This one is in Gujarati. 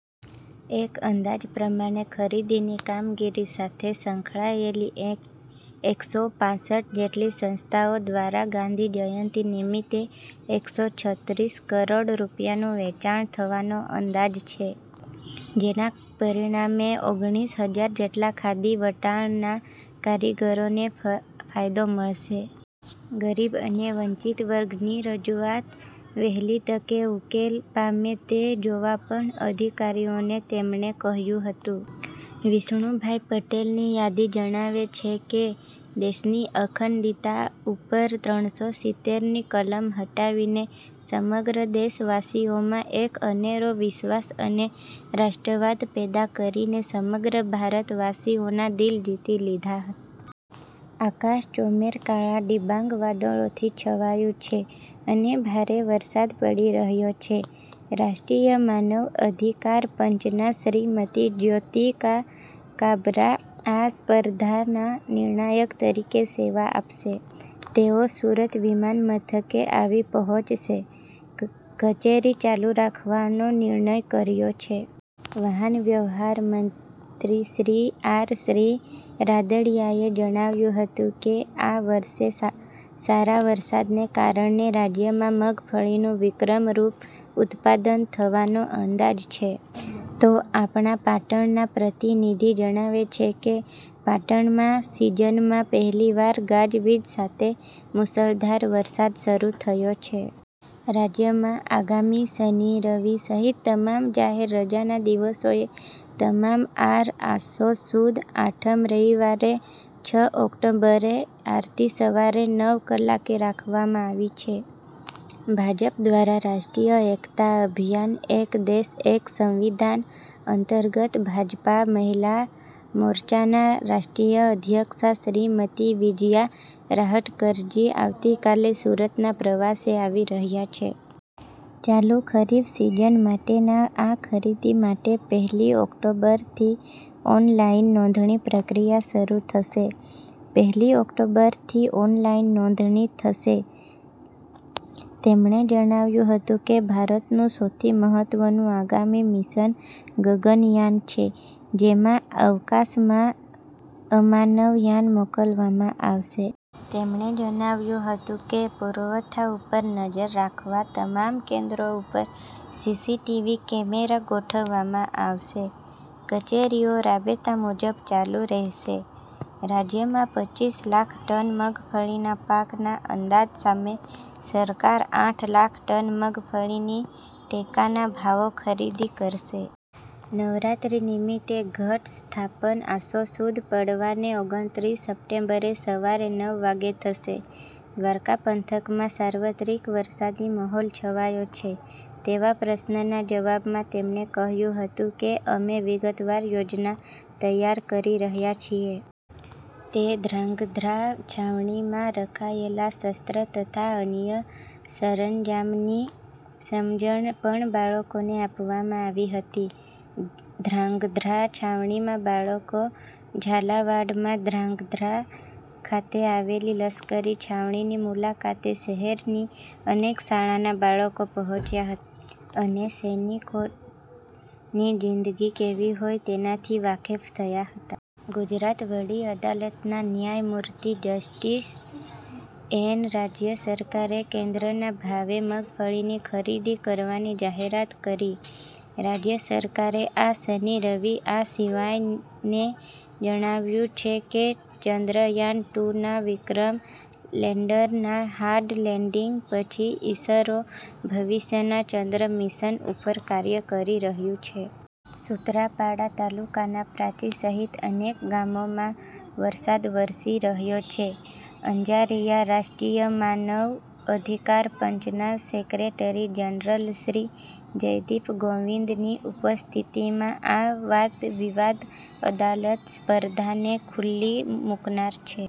એક અંદાજ પ્રમાણે ખાદીની કામગીરી સાથે સંકળાયેલી એક સો પાંસઠ જેટલી સંસ્થાઓ દ્વારા ગાંધી જયંતિ નિમિત્તે એક સો છત્રીસ કરોડ રૂપિયાનું વેચાણ થવાનો અંદાજ છે. જેના પરિણામે ઓગણિસ હજાર જેટલા ખાદી વણાટના કારીગરોને ફાયદો મળશે. ગરીબ અને વંચિત વર્ગની રજૂઆત વહેલી તકે ઉકેલ પામે તે જોવા પણ અધિકારીઓને તેમણે કહ્યું હતું. વિષ્ણુભાઈ પટેલની યાદી જણાવે છે કે, દેશની અખંડિતતા ઉપર ત્રણસો સિત્તેરની કલમ હટાવીને સમગ્ર દેશવાસીઓમાં એક અનેરો વિશ્વાસ અને રાષ્ટ્રવાદ પેદા કરીને સમગ્ર ભારતવાસીઓના દિલ જીતી લીધા છે. આકાશ ચોમેર કાળા ડિબાંગ વાદળોથી છવાયું છે અને ભારે વરસાદ પડી રહ્યો છે. રાષ્ટ્રીય માનવ અધિકાર પંચના શ્રીમતી જયોતિકા કાબરા આ સ્પર્ધાના નિર્ણાયક તરીકે સેવા આપશે. તેઓ સુરત વિમાન મથકે આવી પહોંચશે. કચેરી ચાલુ રાખવાનો નિર્ણય કર્યો છે. વાહન વ્યવહાર મંત્રી શ્રી આર શ્રી રાદડીયાએ જણાવ્યું હતું કે, આ વર્ષે સારા વરસાદને કારણે રાજ્યમાં મગફળીનું વિક્રમ રૂપ ઉત્પાદન થવાનો અંદાજ છે. તો અમારા પાટણના પ્રતિનિધી જણાવે છે કે, પાટણમાં સિઝનમાં પહેલીવાર ગાજવીજ સાથે મુશળધાર વરસાદ શરૂ થયો છે. રાજ્યમાં આગામી શનિ-રવિ સહિત તમામ જાહેર રજાના દિવસોએ તમામ આર, આસો, સુદ, આઠમ રવિવારે છ ઓક્ટોબરે આરતી સવારે નવ કલાકે રાખવામાં આવી છે. ભાજપ દ્વારા રાષ્ટ્રીય એકતા અભિયાન 'એક દેશ એક સંવિધાન' અંતર્ગત ભાજપા મહિલા મોરચાના રાષ્ટ્રીય અધ્યક્ષા શ્રીમતી વિજ્યા રાહટકરજી આવતીકાલે સુરતના પ્રવાસે આવી રહ્યા છે. ચાલુ ખરીફ સીઝન માટેના આ ખરીદી માટે પહેલી ઓકટોબરથી ઓનલાઇન નોંધણી પ્રક્રિયા શરૂ થશે. પહેલી ઓક્ટોબરથી ઓનલાઇન નોંધણી થશે. તેમણે જણાવ્યું હતું કે ભારતનું સૌથી મહત્વનું આગામી મિશન ગગન યાન છે. જેમાં અવકાશમાં અમાનવ યાન મોકલવામાં આવશે. તેમણે જણાવ્યું હતું કે, પૂરવઠા ઉપર નજર રાખવા તમામ કેન્દ્રો ઉપર સી.સી.ટી.વી. કેમેરા ગોઠવવામાં આવશે. કચેરીઓ રાબેતા મુજબ ચાલુ રહેશે. રાજ્યમાં પચ્ચીસ લાખ ટન મગફળીના પાકના અંદાજ સામે સરકાર આઠ લાખ ટન મગફળીની ટેકાના ભાવે ખરીદી કરશે. નવરાત્રી નિમિત્તે ઘટ સ્થાપન આસો સુધ પડવાને ઓગણત્રીસ સપ્ટેમ્બરે સવારે નવ વાગે થશે. દ્વારકા પંથકમાં સાર્વત્રિક વરસાદી માહોલ છવાયો છે. તેવા પ્રશ્નના જવાબમાં તેમણે કહ્યું હતું કે અમે વિગતવાર યોજના તૈયાર કરી રહ્યા છીએ. તે ધ્રાંગધ્રા છાવણીમાં રખાયેલા શસ્ત્ર તથા અન્ય સરંજામની સમજણ પણ બાળકોને આપવામાં આવી હતી. ધ્રાંગધ્રા છાવણીમાં બાળકો ઝાલાવાડમાં ધ્રાંગધ્રા ખાતે આવેલી લશ્કરી છાવણીની મુલાકાતે શહેરની અનેક શાળાના બાળકો પહોંચ્યા હતા, અને સૈનિકની જિંદગી કેવી હોય તેનાથી વાકેફ થયા હતા. ગુજરાત વડી અદાલતના ન્યાયમૂર્તિ જસ્ટીસ એન રાજ્ય સરકારે કેન્દ્રના ભાવે મગફળીની ખરીદી કરવાની જાહેરાત કરી. રાજ્ય સરકારે આ શનિ રવિ આર સિવાને જણાવ્યું છે કે, ચંદ્રયાન-ટુ ના વિક્રમ લેન્ડરના હાર્ડ લેન્ડીંગ પછી ઇસરો ભવિષ્યના ચંદ્ર મિશન ઉપર કાર્ય કરી રહ્યું છે. સૂત્રાપાડા તાલુકાના પ્રાચી સહિત અનેક ગામોમાં વરસાદ વરસી રહ્યો છે. અંજારીયા રાષ્ટ્રીય માનવ અધિકાર પંચના સેક્રેટરી જનરલ શ્રી જયદિપ ગોવિંદની ઉપસ્થિતિમાં આ વાદવિવાદ અદાલત સ્પર્ધાને ખુલ્લી મુકનાર છે.